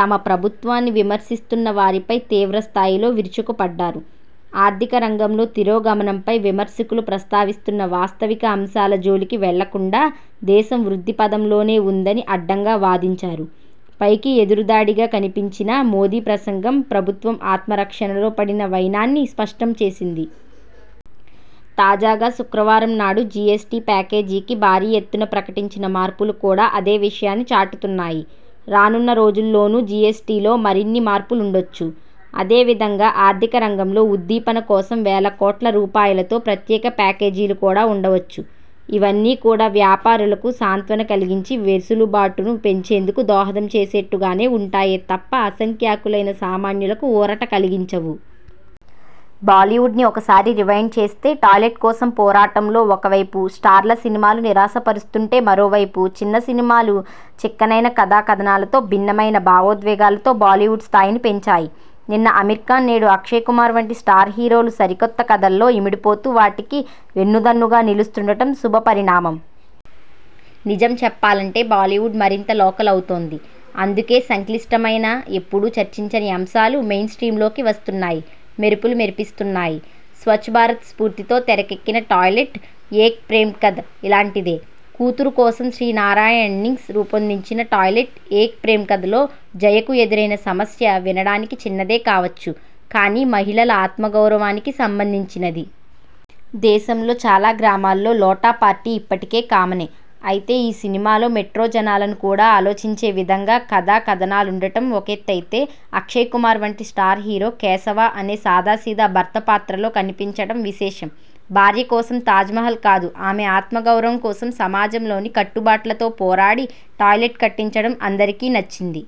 తమ ప్రభుత్వాన్ని విమర్శిస్తున్న వారిపై తీవ్రస్థాయిలో విరుచుకుపడ్డారు. ఆర్థిక రంగంలో తిరోగమనంపై విమర్శకులు ప్రస్తావిస్తున్న వాస్తవిక అంశాల జోలికి వెళ్లకుండా, దేశం వృద్ధి పథంలోనే ఉందని అడ్డంగా వాదించారు. పైకి ఎదురుదాడిగా కనిపించినా మోదీ ప్రసంగం ప్రభుత్వం ఆత్మ రక్షణలో పడిన వైనాన్ని స్పష్టం చేసింది. తాజాగా శుక్రవారం నాడు జిఎస్టి ప్యాకేజీకి భారీ ఎత్తున ప్రకటించిన మార్పులు కూడా అదే విషయాన్ని చాటుతున్నాయి. రానున్న రోజుల్లోనూ జిఎస్టిలో మరిన్ని మార్పులుండొచ్చు. అదే విధంగా ఆర్థిక రంగంలో ఉద్దీపన కోసం వేల కోట్ల రూపాయలతో ప్రత్యేక ప్యాకేజీలు కూడా ఉండవచ్చు. ఇవన్నీ కూడా వ్యాపారులకు సాంత్వన కలిగించి, వెసులుబాటును పెంచేందుకు దోహదం చేసేట్టుగానే ఉంటాయే తప్ప అసంఖ్యాకులైన సామాన్యులకు ఊరట కలిగించవు. బాలీవుడ్ను ఒకసారి రివైండ్ చేస్తే 'టాయ్లెట్' కోసం పోరాటం లో ఒకవైపు స్టార్ల సినిమాలు నిరాశపరుస్తుంటే మరోవైపు చిన్న సినిమాలు చిక్కనైన కథ, కథనాలతో భిన్నమైన భావోద్వేగాలతో బాలీవుడ్ స్థాయిని పెంచాయి. నిన్న ఆమిర్ఖాన్, నేడు అక్షయ్కుమార్ వంటి స్టార్ హీరోలు సరికొత్త కథల్లో ఇమిడిపోతూ వాటికి వెన్నుదన్నుగా నిలుస్తుండటం శుభపరిణామం. నిజం చెప్పాలంటే బాలీవుడ్ మరింత 'లోకల్' అవుతోంది. అందుకే సంక్లిష్టమైన, ఎప్పుడూ చర్చించని అంశాలు మెయిన్స్ట్రీమ్లోకి వస్తున్నాయి. మెరుపులు మెరిపిస్తున్నాయి. స్వచ్ఛభారత్ స్ఫూర్తితో తెరకెక్కిన 'టాయ్లెట్: ఏక్ ప్రేమ్కథ' ఇలాంటిదే. కూతురు కోసం శ్రీ నారాయణ్సింగ్ రూపొందించిన 'టాయ్లెట్: ఏక్ ప్రేమ్కథ'లో జయ కు ఎదురైన సమస్య వినడానికి చిన్నదే కావొచ్చు కానీ మహిళల ఆత్మగౌరవానికి సంబంధించినది. దేశంలో చాలా గ్రామాల్లో 'లోటాపార్టీ' ఇప్పటికీ కామనే. అయితే ఈ సినిమలో మెట్రో జనాలను కూడా ఆలోచించే విధంగా కథ, కథనాలుండటం ఒకెత్తయితే, అక్షయ్కుమార్ వంటి స్టార్ హీరో 'కేశవ' అనే సాదాసీదా భర్త పాత్రలో కనిపించడం విశేషం. భార్య కోసం తాజ్మహల్ కాదు ఆమె ఆత్మగౌరవం కోసం సమాజంలోని కట్టుబాట్లతో పోరాడి 'టాయ్లెట్' కట్టించడం అందరికీ నచ్చింది.